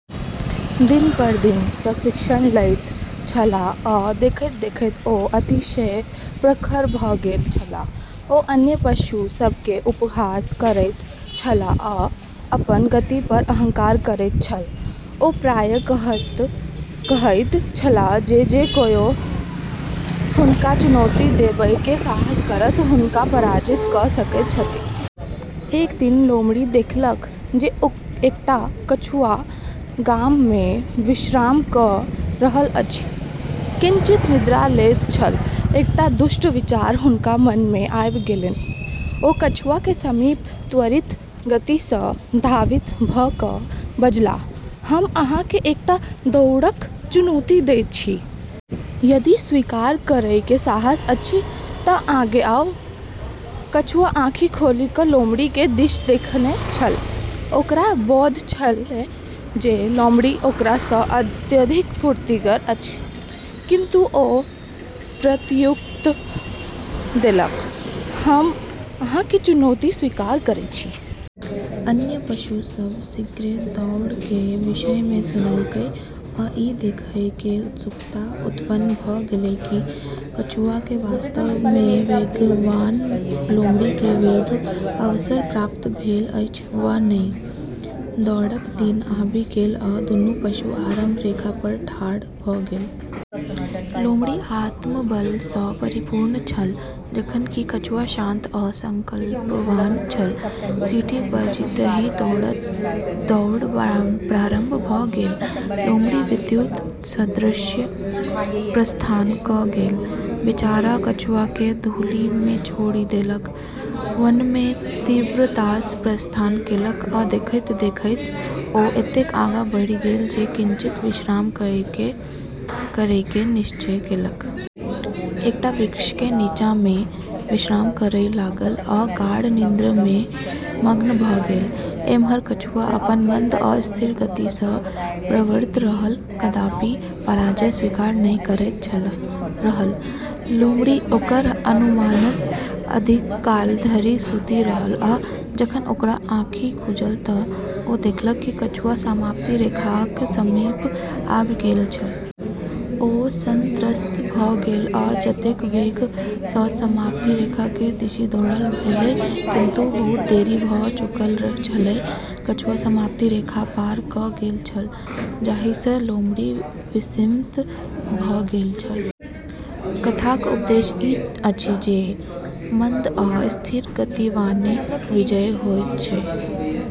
दिन पर दिन प्रशिक्षण लैत छलाह आ देखैत-देखैत ओ अतिशय प्रखर भऽ गेल छलाह। ओ अन्य पशु सभ केँ उपहास करैत छल आ अपन गति पर अहंकार करैत छल। ओ प्रायः कहैत छलाह जे जे कोयो हुनका चुनौती देबय के साहस करत हुनका पराजित कऽ सकैत छथि। एक दिन लोमड़ी देखलक जे एकटा कछुआ घाममे विश्राम कऽ रहल अछि, किंचित निद्रा लैत छल। एकटा दुष्ट विचार हुनका मन में आबि गेलनि। ओ कछुआ के समीप त्वरित गति सँ धावित भऽ कऽ बजलाह, "हम अहाँ केँ एकटा दौड़क चुनौती दैत छी। यदि स्वीकार करयके साहस अछि तँ आगे आउ।" कछुआ आँखि खोलि कऽ लोमड़ी के दिश देखने छल। ओकरा बोध छलै जे लोमड़ी ओकरा सँ अत्यधिक फुर्तिगर अछि, किंतु ओ प्रत्युत्तर देलक, "हम अहाँ के चुनौती स्वीकार करैत छी।" अन्य पशु सब शीघ्रे दौड़ के विषयमे सुनलकै आ ई देखयके उत्सुकता उत्पन्न भऽ गेलै कि कछुआके वास्तवमे वेगवान लोमड़ी के विरुद्ध अवसर प्राप्त भेल अछि वा नहि। दौड़क दिन आबि गेल आ दुनू पशु आरंभ रेखा पर ठाढ़ भऽ गेल। लोमड़ी आत्मबल सँ परिपूर्ण छल, जखन कि कछुआ शांत आ संकल्पवान छल। सीटी बजितहिं दौड़ प्रारंभ भऽ गेल। लोमड़ी विद्युत सदृश प्रस्थान क' गेल, बेचारा कछुआ केँ धूलि में छोड़ि देलक। वनमे तीव्रतासँ प्रस्थान केलक, आ देखैत-देखैत ओ एतेक आगाँ बढ़ि गेल जे किंचित विश्राम करयके निश्चय केलक। एकटा वृक्ष के नीचाँमे विश्राम करय लागल आ गाढ़ निद्रा में मग्न भऽ गेल। एम्हर कछुआ अपन मंद आ स्थिर गति सँ प्रवृत्त रहल, कदापि पराजय स्वीकार नहि करैत रहल। लोमड़ी ओकरा अनुमानसँ अधिक काल धरि सूति रहल आ जखन ओकरा आँखि खुजल तँ ओ देखलक जे कछुआ समाप्ति रेखाक समीप आबि गेल छल। ओ संत्रस्त भऽ गेल आ जतेक वेग सँ समाप्ति रेखा के दिशि दौड़ल भेलै, किंतु बहुत देरी भऽ चुकल छलै। कछुआ समाप्ति रेखा पार क' गेल छल, जाहि सँ लोमड़ी विस्मित भऽ गेल छल। कथाक उपदेश ई अछि जे मंद आ स्थिर गतिवाने विजयी होइत अछि।